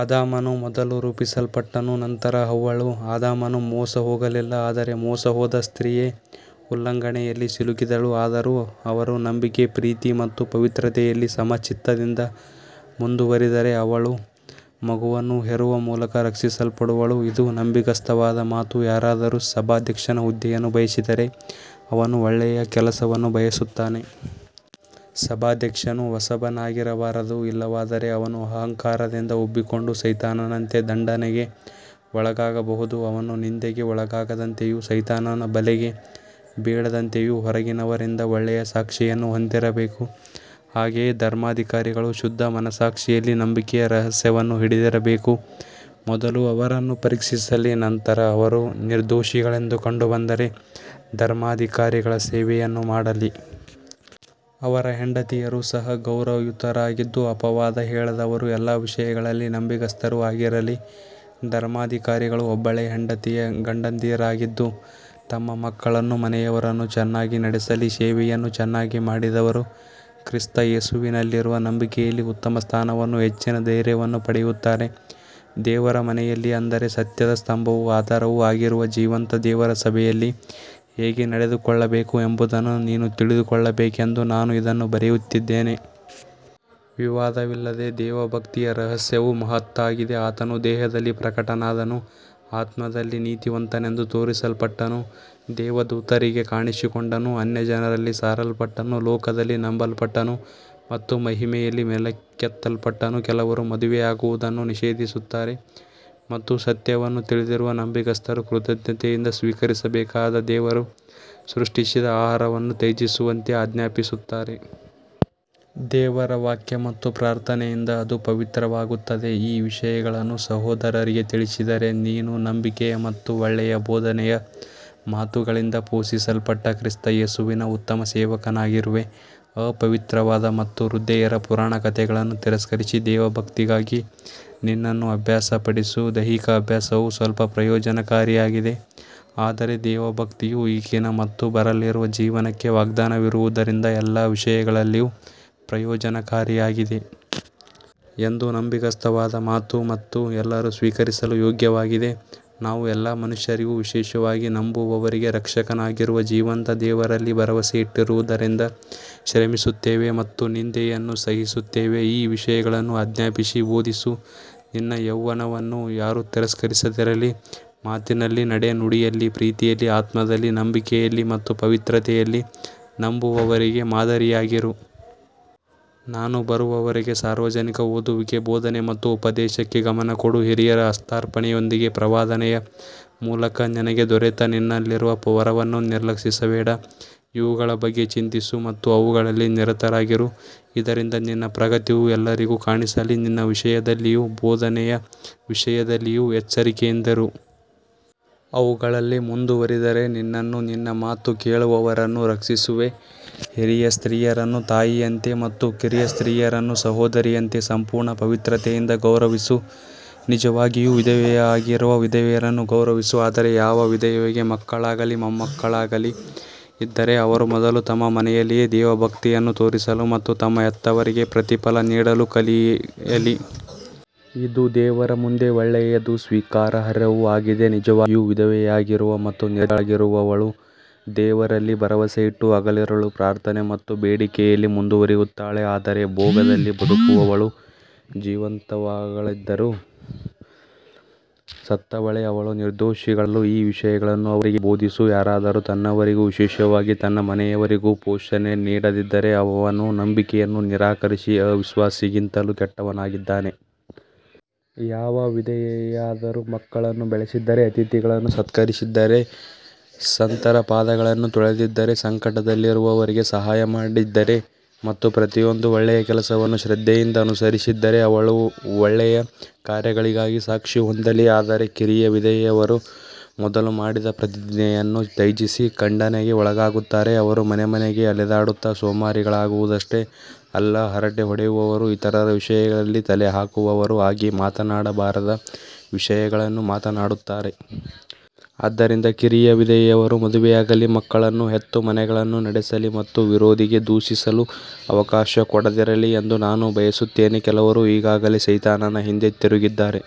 ಆದಾಮನು ಮೊದಲು ರೂಪಿಸಲ್ಪಟ್ಟನು, ನಂತರ ಹವ್ವಳು. ಆದಾಮನು ಮೋಸಹೋಗಲಿಲ್ಲ, ಆದರೆ ಮೋಸಹೋದ ಸ್ತ್ರೀಯೇ ಉಲ್ಲಂಘನೆಯಲ್ಲಿ ಸಿಲುಕಿದಳು. ಆದರೂ ಅವರು ನಂಬಿಕೆ, ಪ್ರೀತಿ ಮತ್ತು ಪವಿತ್ರತೆಯಲ್ಲಿ ಸಮಚಿತ್ತದಿಂದ ಮುಂದುವರಿದರೆ, ಅವಳು ಮಗುವನ್ನು ಹೆರುವ ಮೂಲಕ ರಕ್ಷಿಸಲ್ಪಡುವಳು. ಇದು ನಂಬಿಗಸ್ತವಾದ ಮಾತು. ಯಾರಾದರೂ ಸಭಾಧ್ಯಕ್ಷನ ಹುದ್ದೆಯನ್ನು ಬಯಸಿದರೆ, ಅವನು ಒಳ್ಳೆಯ ಕೆಲಸವನ್ನು ಬಯಸುತ್ತಾನೆ. ಸಭಾಧ್ಯಕ್ಷನು ಹೊಸಬನಾಗಿರಬಾರದು, ಇಲ್ಲವಾದರೆ ಅವನು ಅಹಂಕಾರದಿಂದ ಉಬ್ಬಿಕೊಂಡು ಸೈತಾನನಂತೆ ದಂಡನೆಗೆ ಒಳಗಾಗಬಹುದು. ಅವನು ನಿಂದೆಗೆ ಒಳಗಾಗದಂತೆಯೂ ಸೈತಾನನ ಬಲೆಗೆ ಬೀಳದಂತೆಯೂ ಹೊರಗಿನವರಿಂದ ಒಳ್ಳೆಯ ಸಾಕ್ಷಿಯನ್ನು ಹೊಂದಿರಬೇಕು. ಹಾಗೆಯೇ ಧರ್ಮಾಧಿಕಾರಿಗಳು ಶುದ್ಧ ಮನಸ್ಸಾಕ್ಷಿಯಲ್ಲಿ ನಂಬಿಕೆಯ ರಹಸ್ಯವನ್ನು ಹಿಡಿದಿರಬೇಕು. ಮೊದಲು ಅವರನ್ನು ಪರೀಕ್ಷಿಸಲಿ, ನಂತರ ಅವರು ನಿರ್ದೋಷಿಗಳೆಂದು ಕಂಡುಬಂದರೆ ಧರ್ಮಾಧಿಕಾರಿಗಳ ಸೇವೆಯನ್ನು ಮಾಡಲಿ. ಅವರ ಹೆಂಡತಿಯರು ಸಹ ಗೌರವಯುತರಾಗಿದ್ದು, ಅಪವಾದ ಹೇಳದವರೂ ಎಲ್ಲ ವಿಷಯಗಳಲ್ಲಿ ನಂಬಿಗಸ್ತರೂ ಆಗಿರಲಿ. ಧರ್ಮಾಧಿಕಾರಿಗಳು ಒಬ್ಬಳೇ ಹೆಂಡತಿಯ ಗಂಡಂದಿರಾಗಿದ್ದು, ತಮ್ಮ ಮಕ್ಕಳನ್ನೂ ಮನೆಯವರನ್ನೂ ಚೆನ್ನಾಗಿ ನಡೆಸಲಿ. ಸೇವೆಯನ್ನು ಚೆನ್ನಾಗಿ ಮಾಡಿದವರು ಕ್ರಿಸ್ತ ಯೇಸುವಿನಲ್ಲಿರುವ ನಂಬಿಕೆಯಲ್ಲಿ ಉತ್ತಮ ಸ್ಥಾನವನ್ನೂ ಹೆಚ್ಚಿನ ಧೈರ್ಯವನ್ನೂ ಪಡೆಯುತ್ತಾರೆ. ದೇವರ ಮನೆಯಲ್ಲಿ, ಅಂದರೆ ಸತ್ಯದ ಸ್ತಂಭವೂ ಆಧಾರವೂ ಆಗಿರುವ ಜೀವಂತ ದೇವರ ಸಭೆಯಲ್ಲಿ, ಹೇಗೆ ನಡೆದುಕೊಳ್ಳಬೇಕು ಎಂಬುದನ್ನು ನೀನು ತಿಳಿದುಕೊಳ್ಳಬೇಕೆಂದು ನಾನು ಇದನ್ನು ಬರೆಯುತ್ತಿದ್ದೇನೆ. ವಿವಾದವಿಲ್ಲದೆ ದೇವಭಕ್ತಿಯ ರಹಸ್ಯವು ಮಹತ್ತಾಗಿದೆ. ಆತನು ದೇಹದಲ್ಲಿ ಪ್ರಕಟನಾದನು, ಆತ್ಮದಲ್ಲಿ ನೀತಿವಂತನೆಂದು ತೋರಿಸಲ್ಪಟ್ಟನು, ದೇವದೂತರಿಗೆ ಕಾಣಿಸಿಕೊಂಡನು, ಅನ್ಯಜನರಲ್ಲಿ ಸಾರಲ್ಪಟ್ಟನು, ಲೋಕದಲ್ಲಿ ನಂಬಲ್ಪಟ್ಟನು ಮತ್ತು ಮಹಿಮೆಯಲ್ಲಿ ಮೇಲಕ್ಕೆತ್ತಲ್ಪಟ್ಟನು. ಕೆಲವರು ಮದುವೆಯಾಗುವುದನ್ನು ನಿಷೇಧಿಸುತ್ತಾರೆ ಮತ್ತು ಸತ್ಯವನ್ನು ತಿಳಿದಿರುವ ನಂಬಿಗಸ್ತರು ಕೃತಜ್ಞತೆಯಿಂದ ಸ್ವೀಕರಿಸಬೇಕಾದ ದೇವರು ಸೃಷ್ಟಿಸಿದ ಆಹಾರವನ್ನು ತ್ಯಜಿಸುವಂತೆ ಆಜ್ಞಾಪಿಸುತ್ತಾರೆ. ದೇವರ ವಾಕ್ಯ ಮತ್ತು ಪ್ರಾರ್ಥನೆಯಿಂದ ಅದು ಪವಿತ್ರವಾಗುತ್ತದೆ. ಈ ವಿಷಯಗಳನ್ನು ಸಹೋದರರಿಗೆ ತಿಳಿಸಿದರೆ, ನೀನು ನಂಬಿಕೆಯ ಮತ್ತು ಒಳ್ಳೆಯ ಬೋಧನೆಯ ಮಾತುಗಳಿಂದ ಪೋಷಿಸಲ್ಪಟ್ಟ ಕ್ರಿಸ್ತ ಯೇಸುವಿನ ಉತ್ತಮ ಸೇವಕನಾಗಿರುವೆ. ಅಪವಿತ್ರವಾದ ಮತ್ತು ವೃದ್ಧೆಯರ ಪುರಾಣಕಥೆಗಳನ್ನು ತಿರಸ್ಕರಿಸಿ, ದೇವಭಕ್ತಿಗಾಗಿ ನಿನ್ನನ್ನು ಅಭ್ಯಾಸಪಡಿಸು. ದೈಹಿಕ ಅಭ್ಯಾಸವು ಸ್ವಲ್ಪ ಪ್ರಯೋಜನಕಾರಿಯಾಗಿದೆ, ಆದರೆ ದೇವಭಕ್ತಿಯು ಈಗಿನ ಮತ್ತು ಬರಲಿರುವ ಜೀವನಕ್ಕೆ ವಾಗ್ದಾನವಿರುವುದರಿಂದ ಎಲ್ಲ ವಿಷಯಗಳಲ್ಲಿಯೂ ಪ್ರಯೋಜನಕಾರಿಯಾಗಿದೆ. ಇದು ನಂಬಿಗಸ್ತವಾದ ಮಾತು ಮತ್ತು ಎಲ್ಲರೂ ಸ್ವೀಕರಿಸಲು ಯೋಗ್ಯವಾಗಿದೆ. ನಾವು ಎಲ್ಲ ಮನುಷ್ಯರಿಗೂ, ವಿಶೇಷವಾಗಿ ನಂಬುವವರಿಗೆ ರಕ್ಷಕನಾಗಿರುವ ಜೀವಂತ ದೇವರಲ್ಲಿ ಭರವಸೆಯಿಟ್ಟಿರುವುದರಿಂದ ಶ್ರಮಿಸುತ್ತೇವೆ ಮತ್ತು ನಿಂದೆಯನ್ನು ಸಹಿಸುತ್ತೇವೆ. ಈ ವಿಷಯಗಳನ್ನು ಆಜ್ಞಾಪಿಸಿ ಬೋಧಿಸು. ನಿನ್ನ ಯೌವನವನ್ನು ಯಾರೂ ತಿರಸ್ಕರಿಸದಿರಲಿ. ಮಾತಿನಲ್ಲಿ, ನಡೆನುಡಿಯಲ್ಲಿ, ಪ್ರೀತಿಯಲ್ಲಿ, ಆತ್ಮದಲ್ಲಿ, ನಂಬಿಕೆಯಲ್ಲಿ ಮತ್ತು ಪವಿತ್ರತೆಯಲ್ಲಿ ನಂಬುವವರಿಗೆ ಮಾದರಿಯಾಗಿರು. ನಾನು ಬರುವವರೆಗೆ ಸಾರ್ವಜನಿಕ ಓದುವಿಕೆ, ಬೋಧನೆ ಮತ್ತು ಉಪದೇಶಕ್ಕೆ ಗಮನಕೊಡು. ಹಿರಿಯರ ಹಸ್ತಾರ್ಪಣೆಯೊಂದಿಗೆ ಪ್ರವಾದನೆಯ ಮೂಲಕ ನಿನಗೆ ದೊರೆತ ನಿನ್ನಲ್ಲಿರುವ ವರವನ್ನು ನಿರ್ಲಕ್ಷಿಸಬೇಡ. ಇವುಗಳ ಬಗ್ಗೆ ಚಿಂತಿಸು ಮತ್ತು ಅವುಗಳಲ್ಲಿ ನಿರತರಾಗಿರು, ಇದರಿಂದ ನಿನ್ನ ಪ್ರಗತಿಯು ಎಲ್ಲರಿಗೂ ಕಾಣಿಸಲಿ. ನಿನ್ನ ವಿಷಯದಲ್ಲಿಯೂ ಬೋಧನೆಯ ವಿಷಯದಲ್ಲಿಯೂ ಎಚ್ಚರಿಕೆಯಿಂದಿರು. ಅವುಗಳಲ್ಲಿ ಮುಂದುವರಿದರೆ ನಿನ್ನನ್ನೂ ನಿನ್ನ ಮಾತು ಕೇಳುವವರನ್ನೂ ರಕ್ಷಿಸುವೆ. ಹಿರಿಯ ಸ್ತ್ರೀಯರನ್ನು ತಾಯಿಯಂತೆ ಮತ್ತು ಕಿರಿಯ ಸ್ತ್ರೀಯರನ್ನು ಸಹೋದರಿಯರಂತೆ ಸಂಪೂರ್ಣ ಪವಿತ್ರತೆಯಿಂದ ಗೌರವಿಸು. ನಿಜವಾಗಿಯೂ ವಿಧವೆಯಾಗಿರುವ ವಿಧವೆಯರನ್ನು ಗೌರವಿಸು. ಆದರೆ ಯಾವ ವಿಧವೆಗೆ ಮಕ್ಕಳಾಗಲಿ ಮೊಮ್ಮಕ್ಕಳಾಗಲಿ ಇದ್ದರೆ, ಅವರು ಮೊದಲು ತಮ್ಮ ಮನೆಯಲ್ಲಿಯೇ ದೇವಭಕ್ತಿಯನ್ನು ತೋರಿಸಲು ಮತ್ತು ತಮ್ಮ ಹೆತ್ತವರಿಗೆ ಪ್ರತಿಫಲ ನೀಡಲು ಕಲಿಯಲಿ. ಇದು ದೇವರ ಮುಂದೆ ಒಳ್ಳೆಯದೂ ಸ್ವೀಕಾರಾರ್ಹವೂ ಆಗಿದೆ. ನಿಜವಾಗಿಯೂ ವಿಧವೆಯಾಗಿರುವ ಮತ್ತು ನಿರ್ಗತಿಕಳಾಗಿರುವವಳು ದೇವರಲ್ಲಿ ಭರವಸೆಯಿಟ್ಟು ಹಗಲಿರುಳು ಪ್ರಾರ್ಥನೆ ಮತ್ತು ಬೇಡಿಕೆಯಲ್ಲಿ ಮುಂದುವರಿಯುತ್ತಾಳೆ. ಆದರೆ ಭೋಗದಲ್ಲಿ ಬದುಕುವವಳು ಜೀವಂತಳಾಗಿದ್ದರೂ ಸತ್ತವಳೇ. ಅವರು ನಿರ್ದೋಷಿಗಳಾಗಿರಲು ಈ ವಿಷಯಗಳನ್ನು ಅವರಿಗೆ ಬೋಧಿಸು. ಯಾರಾದರೂ ತನ್ನವರಿಗೂ ವಿಶೇಷವಾಗಿ ತನ್ನ ಮನೆಯವರಿಗೂ ಪೋಷಣೆ ನೀಡದಿದ್ದರೆ, ಅವನು ನಂಬಿಕೆಯನ್ನು ನಿರಾಕರಿಸಿ ಅವಿಶ್ವಾಸಿಗಿಂತಲೂ ಕೆಟ್ಟವನಾಗಿದ್ದಾನೆ. ಯಾವ ವಿಧವೆಯಾದರೂ ಮಕ್ಕಳನ್ನು ಬೆಳೆಸಿದ್ದರೆ, ಅತಿಥಿಗಳನ್ನು ಸತ್ಕರಿಸಿದ್ದರೆ, ಸಂತರ ಪಾದಗಳನ್ನು ತೊಳೆದಿದ್ದರೆ, ಸಂಕಟದಲ್ಲಿರುವವರಿಗೆ ಸಹಾಯಮಾಡಿದ್ದರೆ ಮತ್ತು ಪ್ರತಿಯೊಂದು ಒಳ್ಳೆಯ ಕೆಲಸವನ್ನು ಶ್ರದ್ಧೆಯಿಂದ ಅನುಸರಿಸಿದ್ದರೆ, ಅವಳು ಒಳ್ಳೆಯ ಕಾರ್ಯಗಳಿಗಾಗಿ ಸಾಕ್ಷಿ ಹೊಂದಲಿ. ಆದರೆ ಕಿರಿಯ ವಿಧವೆಯರು ಮೊದಲು ಮಾಡಿದ ಪ್ರತಿಜ್ಞೆಯನ್ನು ತ್ಯಜಿಸಿ ಖಂಡನೆಗೆ ಒಳಗಾಗುತ್ತಾರೆ. ಅವರು ಮನೆಮನೆಗೆ ಅಲೆದಾಡುತ್ತಾ ಸೋಮಾರಿಗಳಾಗುವುದಷ್ಟೇ ಅಲ್ಲ, ಹರಟೆ ಹೊಡೆಯುವವರೂ ಇತರರ ವಿಷಯಗಳಲ್ಲಿ ತಲೆಹಾಕುವವರೂ ಆಗಿ ಮಾತನಾಡಬಾರದ ವಿಷಯಗಳನ್ನು ಮಾತನಾಡುತ್ತಾರೆ. ಆದ್ದರಿಂದ ಕಿರಿಯ ವಿಧವೆಯರು ಮದುವೆಯಾಗಲಿ, ಮಕ್ಕಳನ್ನು ಹೆತ್ತು, ಮನೆಗಳನ್ನು ನಡೆಸಲಿ ಮತ್ತು ವಿರೋಧಿಗೆ ದೂಷಿಸಲು ಅವಕಾಶ ಕೊಡದಿರಲಿ ಎಂದು ನಾನು ಬಯಸುತ್ತೇನೆ. ಕೆಲವರು ಈಗಾಗಲೇ ಸೈತಾನನ ಹಿಂದೆ ತಿರುಗಿದ್ದಾರೆ.